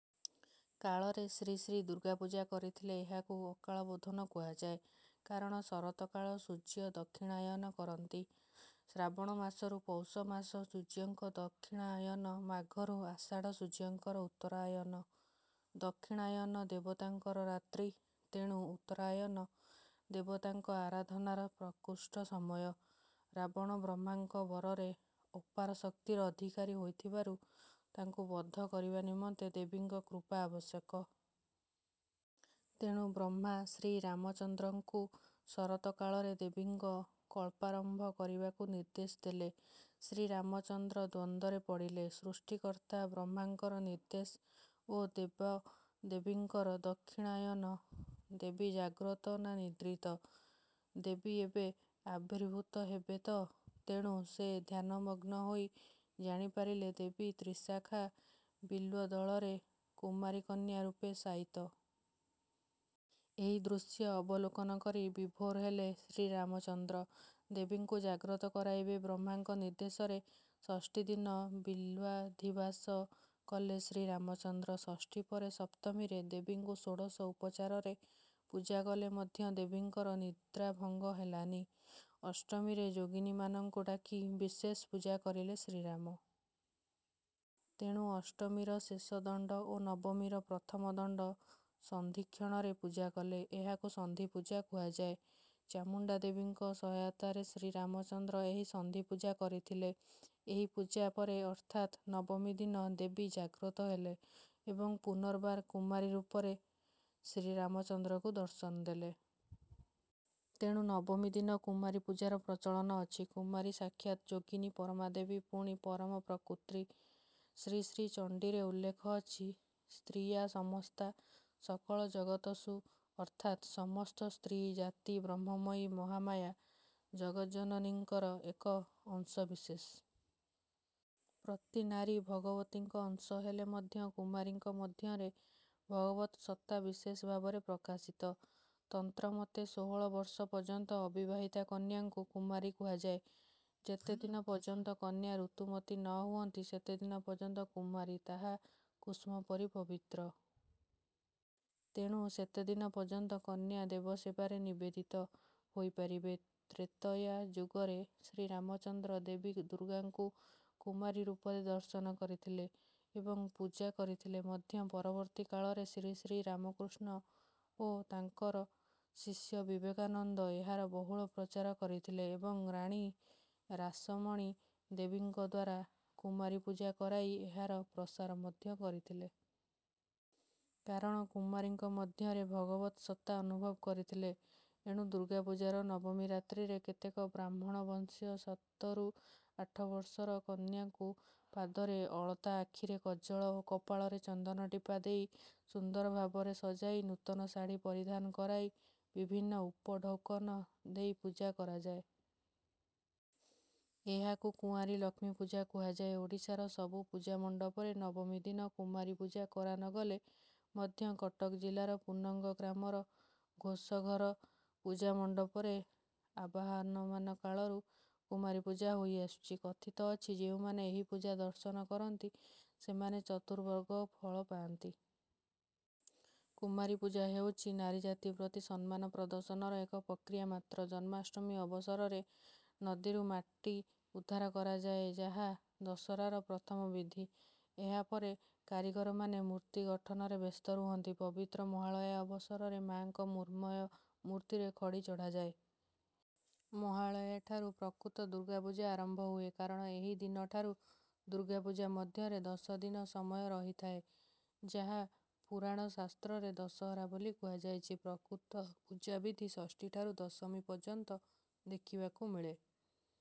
କାଳରେ ଶ୍ରୀ ଶ୍ରୀ ଦୁର୍ଗାପୂଜା କରିଥିଲେ। ଏହାକୁ ଅକାଳବୋଧନ କୁହାଯାଏ। କାରଣ ଶରତକାଳ ସୂର୍ଯ୍ୟ ଦକ୍ଷିଣାୟନ କରନ୍ତି। ଶ୍ରାବଣ ମାସରୁ ପୌଷମାସ ସୂର୍ଯ୍ୟଙ୍କ ଦକ୍ଷିଣାୟନ ମାଘରୁ ଆଷାଢ଼ ସୂର୍ଯ୍ୟଙ୍କର ଉତ୍ତରାୟନ। ଦକ୍ଷିଣାୟନ ଦେବତାଙ୍କର ରାତ୍ରି। ତେଣୁ ଉତ୍ତରାୟନ ଦେବତାଙ୍କ ଆରାଧନାର ପ୍ରକୃଷ୍ଟ ସମୟ। ରାବଣ ବ୍ରହ୍ମାଙ୍କ ବରରେ ଅପାରଶକ୍ତିର ଆଧିକାରୀ ହୋଇଥିବାରୁ ତାଙ୍କୁ ବଧ କରିବା ନିମନ୍ତେ ଦେବୀଙ୍କ କୃପା ଆବଶ୍ୟକ। ତେଣୁ ବ୍ରହ୍ମା ଶ୍ରୀରାମଚନ୍ଦ୍ରଙ୍କୁ ଶରତ କାଳରେ ଦେବୀଙ୍କ କଳ୍ପାରମ୍ଭ କରିବାକୁ ନିର୍ଦ୍ଦେଶ ଦେଲେ। ଶ୍ରୀରାମଚନ୍ଦ୍ର ଦ୍ୱନ୍ଦ୍ୱରେ ପଡ଼ିଲେ। ସୃଷ୍ଟିକର୍ତ୍ତା ବ୍ରହ୍ମାଙ୍କର ନିର୍ଦ୍ଦେଶ ଓ ଦେବଦେବୀଙ୍କର ଦକ୍ଷିଣାୟନ। ଦେବୀ ଜାଗ୍ରତ ନା ନିଦ୍ରିତ? ଦେବୀ ଏବେ ଆବିର୍ଭୂତ ହେବେ ତ? ତେଣୁ ସେ ଧ୍ୟାନମଗ୍ନ ହୋଇ ଜାଣିପାରିଲେ ଦେବୀ ତ୍ରିଶାଖା ବିଲ୍ୱଦଳରେ କୁମାରୀ କନ୍ୟା ରୂପେ ଶାୟିତ। ଏହି ଦୃଶ୍ୟ ଅବଲୋକନ କରି ବିଭୋର ହେଲେ ଶ୍ରୀରାମଚନ୍ଦ୍ର। ଦେବୀଙ୍କୁ ଜାଗ୍ରତ କରାଇବେ। ବ୍ରହ୍ମାଙ୍କ ନିର୍ଦ୍ଦେଶରେ ଷଷ୍ଠୀଦିନ ବିଲ୍ୱାଧିବାସ କଲେ ଶ୍ରୀରାମଚନ୍ଦ୍ର। ଷଷ୍ଠୀପରେ ସପ୍ତମୀରେ ଦେବୀଙ୍କୁ ଷୋଡ଼ଶ ଉପଚାରରେ ପୂଜା କଲେ ମଧ୍ୟ ଦେବୀଙ୍କର ନିଦ୍ରାଭଙ୍ଗ ହେଲାନି। ଅଷ୍ଟମୀରେ ଯୋଗିନୀମାନଙ୍କୁ ଡାକି ବିଶେଷ ପୂଜାକରିଲେ ଶ୍ରୀରାମ। ତେଣୁ ଅଷ୍ଟମୀର ଶେଷ ଦଣ୍ଡ ଓ ନବମୀର ପ୍ରଥମ ଦଣ୍ଡ ସନ୍ଧିକ୍ଷଣରେ ପୂଜା କଲେ। ଏହାକୁ ସନ୍ଧିପୂଜା କୁହାଯାଏ। ଚାମୁଣ୍ଡା ଦେବୀଙ୍କ ସହାୟତାରେ ଶ୍ରୀରାମଚନ୍ଦ୍ର ଏହି ସନ୍ଧିପୂଜା କରିଥିଲେ। ଏହି ପୂଜା ପରେ ଅର୍ଥାତ୍ ନବମୀ ଦିନ ଦେବୀ ଜାଗ୍ରତ ହେଲେ ଏବଂ ପୁନର୍ବାର କୁମାରୀ ରୂପରେ ଶ୍ରୀରାମଚନ୍ଦ୍ରଙ୍କୁ ଦର୍ଶନ ଦେଲେ। ତେଣୁ ନବମୀ ଦିନ କୁମାରୀ ପୂଜାର ପ୍ରଚଳନ ଅଛି। କୁମାରୀ ସାକ୍ଷାତ ଯୋଗିନୀ ପରମାଦେବୀ ପୁଣି ପରମପ୍ରକୃତି। ଶ୍ରୀ ଶ୍ରୀ ଚଣ୍ଡୀରେ ଉଲ୍ଲେଖ ଅଛି ସ୍ତ୍ରୀୟା ସମସ୍ତା ସକଳ ଜଗତ ସୁ ଅର୍ଥାତ୍ ସମସ୍ତ ସ୍ତ୍ରୀ ଜାତି ବ୍ରହ୍ମମୟୀ ମହାମାୟା ଜଗଜ୍ଜନନୀଙ୍କର ଏକ ଅଂଶ ବିଶେଷ। ପ୍ରତି ନାରୀ ଭଗବତୀଙ୍କ ଅଂଶ ହେଲେ ମଧ୍ୟ କୁମାରୀଙ୍କ ମଧ୍ୟରେ ଭଗବତ୍ ସତ୍ତା ବିଶେଷ ଭାବରେ ପ୍ରକାଶିତ। ତନ୍ତ୍ରମତେ ଷୋହଳ ବର୍ଷ ପର୍ଯ୍ୟନ୍ତ ଅବିବାହିତା କନ୍ୟାଙ୍କୁ କୁମାରୀ କୁହାଯାଏ। ଯେତେଦିନ ପର୍ଯ୍ୟନ୍ତ କନ୍ୟା ଋତୁମତୀ ନ ହୁଅନ୍ତି ସେତେଦିନ ପର୍ଯ୍ୟନ୍ତ କୁମାରୀ ତାହା କୁସୁମପରି ପବିତ୍ର। ତେଣୁ ସେତେଦିନ ପର୍ଯ୍ୟନ୍ତ କନ୍ୟା ଦେବସେବାରେ ନିବେଦିତ ହୋଇପାରିବେ। ତ୍ରେତୟା ଯୁଗରେ ଶ୍ରୀରାମଚନ୍ଦ୍ର ଦେବୀ ଦୁର୍ଗାଙ୍କୁ କୁମାରୀ ରୂପରେ ଦର୍ଶନ କରିଥିଲେ ଏବଂ ପୂଜା କରିଥିଲେ ମଧ୍ୟ ପରବର୍ତ୍ତୀକାଳରେ ଶ୍ରୀଶ୍ରୀ ରାମକୃଷ୍ଣ ଓ ତାଙ୍କର ଶିଷ୍ୟ ବିବେକାନନ୍ଦ ଏହାର ବହୁଳ ପ୍ରଚାର କରିଥିଲେ ଏବଂ ରାଣୀ ରାସମଣୀ ଦେବୀଙ୍କଦ୍ୱାରା କୁମାରୀ ପୂଜାକରାଇ ଏହାର ପ୍ରସାର ମଧ୍ୟ କରିଥିଲେ। କାରଣ କୁମାରୀଙ୍କ ମଧ୍ୟରେ ଭଗବତ୍ ସତ୍ତା ଅନୁଭବ କରିଥିଲେ। ଏଣୁ ଦୁର୍ଗାପୂଜାର ନବମୀ ରାତ୍ରିରେ କେତେକ ବ୍ରାହ୍ମଣ ବଂଶୀୟ ସାତରୁ ଆଠ ବର୍ଷର କନ୍ୟାକୁ ପାଦରେ ଅଳତା ଆଖିରେ କଜ୍ଜଳ ଓ କପାଳରେ ଚନ୍ଦନ ଟିପା ଦେଇ ସୁନ୍ଦର ଭାବରେ ସଜାଇ ନୂତନ ଶାଢ଼ି ପରିଧାନ କରାଇ ବିଭିନ୍ନ ଉପଢ଼ୌକନ ଦେଇ ପୂଜା କରାଯାଏ। ଏହାକୁ କୁଆଁରୀ ଲକ୍ଷ୍ମୀ ପୂଜା କୁହାଯାଏ। ଓଡ଼ିଶାର ସବୁ ପୂଜାମଣ୍ଡପରେ ନବମୀ ଦିନ କୁମାରୀ ପୂଜା କରା ନ ଗଲେ ମଧ୍ୟ କଟକ ଜିଲ୍ଲାର ପୁନଙ୍ଗ ଗ୍ରାମର ଘୋଷଘର ପୂଜାମଣ୍ଡପରେ ଆବାହମାନକାଳରୁ କୁମାରୀ ପୂଜା ହୋଇଆସୁଛି। କଥିତ ଅଛି ଯେଉଁମାନେ ଏହି ପୂଜା ଦର୍ଶନ କରନ୍ତି ସେମାନେ ଚତୁବର୍ଗ ଫଳ ପାଆନ୍ତି। କୁମାରୀ ପୂଜା ହେଉଛି ନାରୀଜାତି ପ୍ରତି ସମ୍ମାନ ପ୍ରଦର୍ଶନର ଏକ ପ୍ରକ୍ରିୟା ମାତ୍ର। ଜନ୍ମାଷ୍ଟମୀ ଅବସରରେ ନଦୀରୁ ମାଟି ଉଦ୍ଧାର କରାଯାଏଯାହା ଦଶହରାର ପ୍ରଥମ ବିଧି। ଏହା ପରେ କାରିଗରମାନେ ମୂର୍ତ୍ତି ଗଠନରେ ବ୍ୟସ୍ତ ରୁହନ୍ତି। ପବିତ୍ର ମହାଳୟା ଅବସରରେ ମାଙ୍କ ମୃଣ୍ମୟ ମୂର୍ତ୍ତିରେ ଖଡ଼ି ଚଢାଯାଏ। ମହାଳୟା ଠାରୁ ପ୍ରକୃତ ଦୁର୍ଗାପୂଜା ଆରମ୍ଭ ହୁଏ। କାରଣ ଏହି ଦିନ ଠାରୁ ଦୁର୍ଗାପୂଜା ମଧ୍ୟରେ ଦଶ ଦିନ ସମୟ ରହିଥାଏ ଯାହା ପୁରାଣ ଶାସ୍ତ୍ରରେ ଦଶହରା ବୋଲି କୁହାଯାଇଛି। ପ୍ରକୃତ ପୂଜାବିଧି ଷଷ୍ଠୀ ଠାରୁ ଦଶମୀ ପର୍ଯ୍ୟନ୍ତ ଦେଖିବାକୁ ମିଳେ।